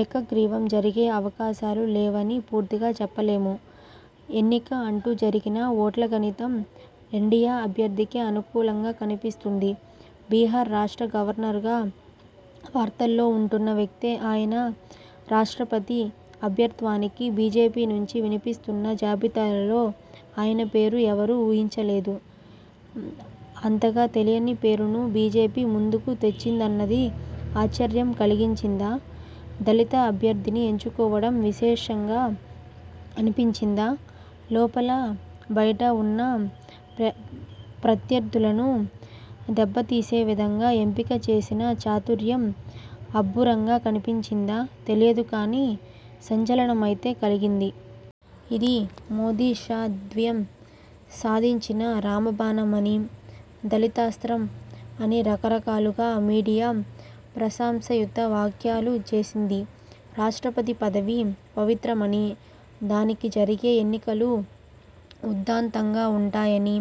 ఏకగ్రీవం జరిగే అవకాశాలు లేవని పూర్తిగా చెప్పలేము, ఎన్నిక అంటూ జరిగినా ఓట్ల గణితం ఎన్డీఏ అభ్యర్థికే అనుకూలంగా కనిపిస్తున్నది. బిహార్ రాష్ట్ర గవర్నర్గా వార్తలలో ఉంటున్న వ్యక్తే అయినా, రాష్ట్రపతి అభ్యర్థిత్వానికి బీజేపీనుంచి వినిపిస్తున్న జాబితాలో ఆయన పేరును ఎవరూ ఊహించలేదు. అంతగా తెలియని పేరును బీజేపీ ముందుకు తెచ్చిందన్నది ఆశ్చర్యం కలిగించిందా, దళిత అభ్యర్థిని ఎంచుకోవడం విశేషంగా అనిపించిందా, లోపలా బయటా ఉన్న ప్రత్యర్థులను దెబ్బతీసేవిధంగా ఎంపిక చేసిన చాతుర్యం అబ్బురంగా కనిపించిందా– తెలియదు కానీ, సంచలనమైతే కలిగింది. ఇది మోదీ–షా ద్వయం సాధించిన రామబాణమని, దళితాస్త్రం అని రకరకాలుగా మీడియా ప్రశంసాయుత వ్యాఖ్యలు చేసింది. రాష్ట్రపతి పదవి పవిత్రమని, దానికి జరిగే ఎన్నికలు ఉదాత్తంగా ఉంటాయని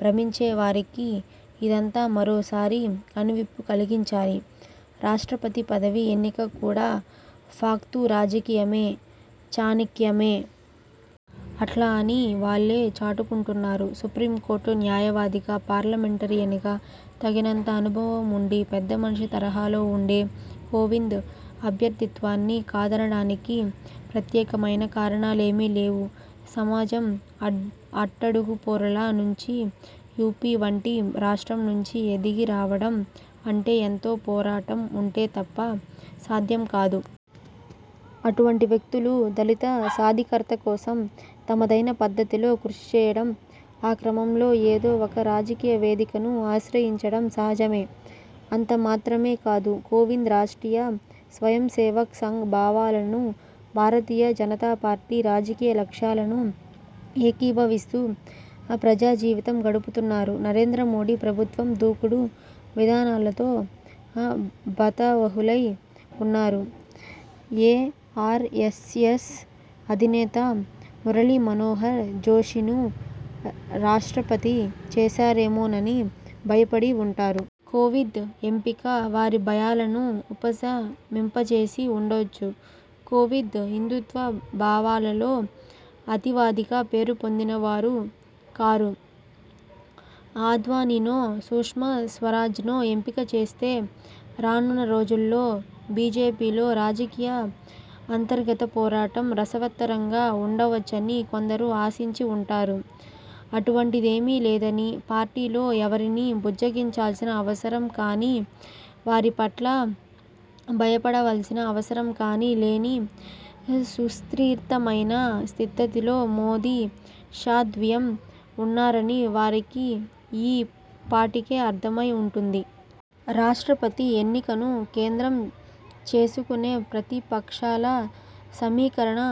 భ్రమించే వారికి ఇదంతా మరోసారి కనువిప్పు కలిగించాలి. రాష్ట్రపతి పదవి ఎన్నిక కూడా ఫక్తు రాజకీయమే, చాణక్యమే. అట్లా అని వాళ్లే చాటుకుంటున్నారు. సుప్రీంకోర్టు న్యాయవాదిగా, పార్లమెంటేరియన్గా తగినంత అనుభవం ఉండి, పెద్దమనిషి తరహాలో ఉండే కోవింద్ అభ్యర్థిత్వాన్ని కాదనడానికి ప్రత్యేకమైన కారణాలేమీలేవు. సమాజం అట్టడుగు పొరల నుంచి యూపీ వంటి రాష్ట్రం నుంచి ఎదిగి రావడం అంటే ఎంతో పోరాటం ఉంటే తప్ప సాధ్యం కాదు. అటువంటి వ్యక్తులు, దళిత సాధికారత కోసం తమదైన పద్ధతిలో కృషిచేయడం, ఆ క్రమంలో ఏదో ఒక రాజకీయ వేదికను ఆశ్రయించడం సహజమే. అంతమాత్రమే కాదు, కోవింద్ రాష్ర్టీయ స్వయంసేవక్ సంఘ్ భావాలను, భారతీయ జనతాపార్టీ రాజకీయ లక్ష్యాలను ఏకీభవిస్తూ ప్రజాజీవితం గడుపుతున్నవారు. నరేంద్రమోదీ ప్రభుత్వం దూకుడు విధానాలతో భీతావహులై ఉన్నవారు ఏ ఆర్ఎస్ఎస్ అధినేతనో, మురళీమనోహర్ జోషినో రాష్ట్రపతిని చేస్తారేమోనని భయపడి ఉంటారు. కోవింద్ ఎంపిక వారి భయాలను ఉపశమింపజేసి ఉండవచ్చు. కోవింద్ హిందూత్వ భావాలలో అతివాదిగా పేరుపొందినవారు కారు. ఆడ్వాణీనో సుష్మా స్వరాజ్నో ఎంపిక చేస్తే, రానున్న రోజులలో బీజేపీలో రాజకీయ అంతర్గత పోరాటం రసవత్తరంగా ఉండవచ్చునని కొందరు ఆశించి ఉంటారు. అటువంటిదేమీ లేదని, పార్టీలో ఎవరినీ బుజ్జగించవలసిన అవసరంకానీ, ఎవరిపట్లా భయపడవలసిన అవసరం కానీ లేని సుస్థిరమైన స్థితిలో మోదీ–షా ద్వయం ఉన్నారని వారికి ఈ పాటికి అర్థమై ఉంటుంది. రాష్ట్రపతి ఎన్నికను కేంద్రం చేసుకుని ప్రతిపక్షాల సమీకరణ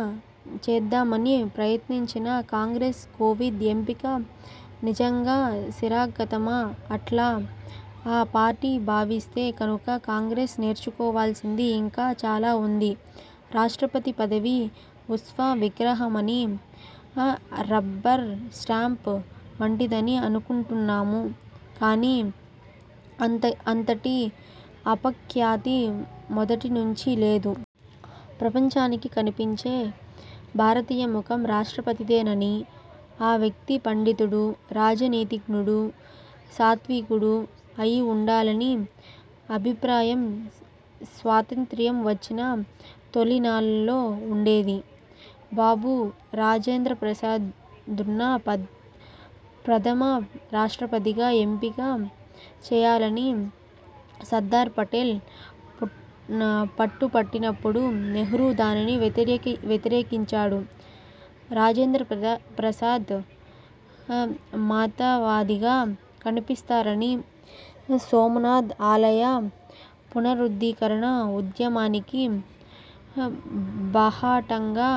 చేద్దామని ప్రయత్నించిన కాంగ్రెస్కు– కోవింద్ ఎంపిక నిజంగా శరాఘాతమా? అట్లా ఆ పార్టీ భావిస్తే కనుక, కాంగ్రెస్ నేర్చుకోవలసింది ఇంకా చాలా ఉన్నది. రాష్ట్రపతి పదవి ఉత్సవ విగ్రహమని, రబ్బర్ స్టాంప్ వంటిదని అనుకుంటాము కానీ, అంతటి అపఖ్యాతి మొదటి నుంచి లేదు. ప్రపంచానికి కనిపించే భారతీయ ముఖం రాష్ట్రపతిదేనని, ఆ వ్యక్తి పండితుడు, రాజనీతిజ్ఞుడు, సాత్వికుడు అయి ఉండాలన్న అభిప్రాయం స్వాతంత్య్రం వచ్చిన తొలినాళ్లలో ఉండేది. బాబూ రాజేంద్రప్రసాద్ను ప్రథమ రాష్ట్రపతిగా ఎంపిక చేయాలని సర్దార్పటేల్ పట్టుపట్టినప్పుడు, నెహ్రూ దానిని వ్యతిరేకించాడు. రాజేంద్రప్రసాద్ మతవాదిగా కనిపిస్తారని, సోమనాథ్ ఆలయ పునరుద్ధరణఉద్యమానికి బాహాటంగా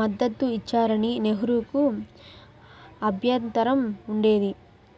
మద్దతు ఇచ్చారని నెహ్రూకు అభ్యంతరం ఉండేది.